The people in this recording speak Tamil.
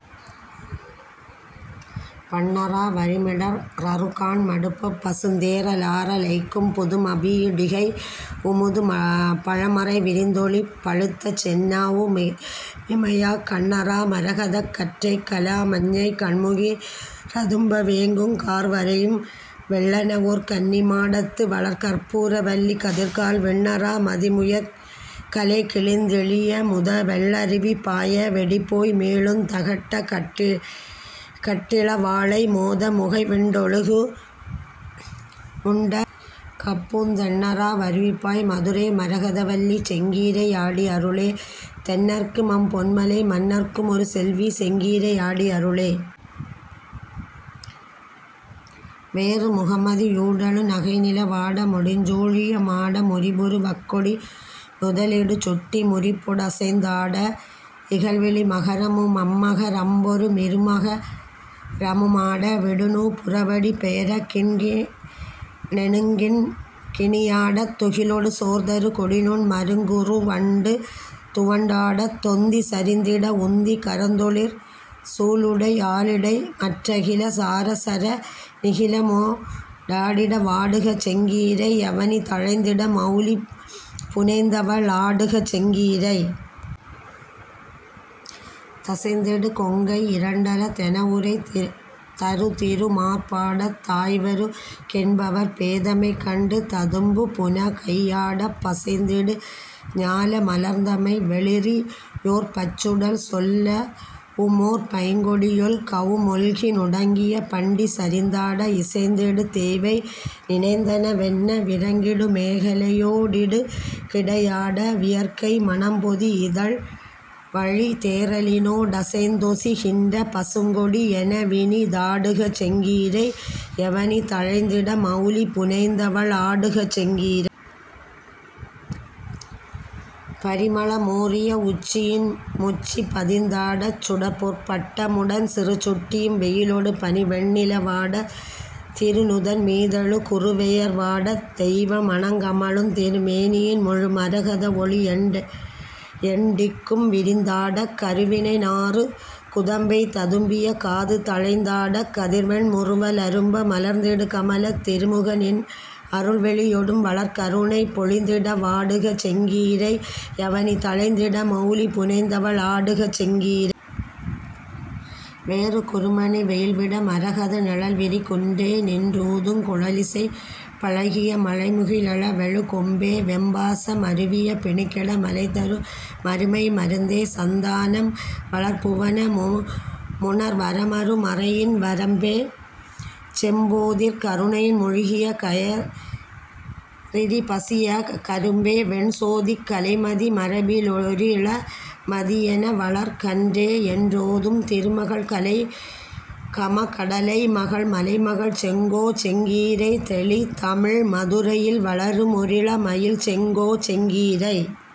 பண்ணறா வரிமிடற் றறுகாண் மடுப்பப் பசுந்தேற லாற லைக்கும் பொதுமபீ டிகையுமுது பழமறை விரிந்தொளி பழுத்தசெந் நாவு மிமையாக் கண்ணறா மரகதக் கற்றைக் கலாமஞ்ஞை கண்முகி றதும்ப வேங்குங் கார்வரையும் வெள்ளெனவொர் கன்னிமா டத்துவளர் கற்பூர வல்லி கதிர்கால் விண்ணறா மதிமுயற் கலைகிழிந் திழியமுத வெள்ளருவி பாய வெடிபோய் மீளுந் தகட்டகட் டிளவாளை மோதமுகை விண்டொழுகு முண்ட கப்பூந் தெண்ணறா வருவிபாய் மதுரைமர கதவல்லி செங்கீரை யாடி அருளே தென்னற்கு மம்பொன்மலை மன்னற்கு மொருசெல்வி செங்கீரை யாடி அருளே. வேறு முகமதி யூடெழு நகைநில வாட முடிச்சூ ழியமாட முரிபுரு வக்கொடி நுதலிடு சுட்டி முரிப்பொ டசைந் தாட இகல்விழி மகரமு மம்மக ரம்பொரு மிருமக ரமுமாட விடுநூ புரவடி பெயரக் கிண்கி ணெனுங்கிண் கிணியாடத் துகிலொடு சோர்தரு கொடிநுண் மருங்கு றுவண்டு துவண்டாடத் தொந்தி சரிந்திட வுந்தி கரந்தொளிர் சூலுடை யாலிடைமற் றகில சாரசர நிகிலமொ டாடிட வாடுக செங்கீரை யவனி தழைந்திட மவுலி புனைந்தவ ளாடுக செங்கீரை. தசைந்திடு கொங்கை யிரண்டல தெனவுரை தருதிரு மார்பாடத் தாய்வரு கென்பவர் பேதைமை கண்டு ததும்புபு னகையாடப் பசைந்திடு ஞால மலர்ந்தமை வெளிறியொர் பச்சுடல் சொல்லவுமோர் பைங்கொடி யொல்கவு மொல்கி நுடங்கிய பண்டி சரிந்தாட இசைந்திடு தேவை நினைந்தன வென்ன விரங்கிடு மேகலையோ டிடுகிடை யாட வியற்கை மணம்பொதி யிதழ்வழி தேறலினோ டசைந்தொசி கின்ற பசுங்கொடி யெனவினி தாடுக செங்கீரை யவனி தழைந்திட மவுலி புனைந்தவ ளாடுக செங்கீரை. பரிமள மூறிய வுச்சியின் முச்சி பதிந்தா டச்சுடர்பொற் பட்டமு டன்சிறு சுட்டியும் வெயிலொடு பனிவெண் ணிலவாடத் திருநுதன் மீதெழு குறுவெயர் வாடத் தெய்வம ணங்கமழுந் திருமேனியின் முழு மரகத வொளியெண் டிக்கும் விரிந்தாடக் கருவினை நாறு குதம்பை ததும்பிய காது தழைந்தாடக் கதிர்வெண் முறுவ லரும்ப மலர்ந்திடு கமலத் திருமுகநின் அருள்விழி யொடும்வளர் கருணை பொழிந்திட வாடுக செங்கீரை யவனி தழைந்திட மவுலி புனைந்தவ ளாடுக செங்கீரை. வேறு குருமணி வெயில்விட மரகத நிழல்விரி குன்றே நின்றூதுங் குழலிசை பழகிய மழைமுகி லெழவெழு கொம்பே வெம்பாச மருவிய பிணிகெட மலைதரு மருமைம ருந்தே சந்தானம் வளர்புவ னமுமுணர் வருமரு மறையின்வ ரம்பே செம்போதிற் கருணையின் முழுகிய கயறிரி பசியக ரும்பே வெண்சோதிக் கலைமதி மரபிலொ ரிளமதி யெனவளர் கன்றே யென்றோதும் திருமகள் கலைகமகடலைமகள் மலைமகள் செங்கோ செங்கீரை தெளிதமிழ் மதுரையில் வளருமொ ரிளமயில் செங்கோ செங்கீரை.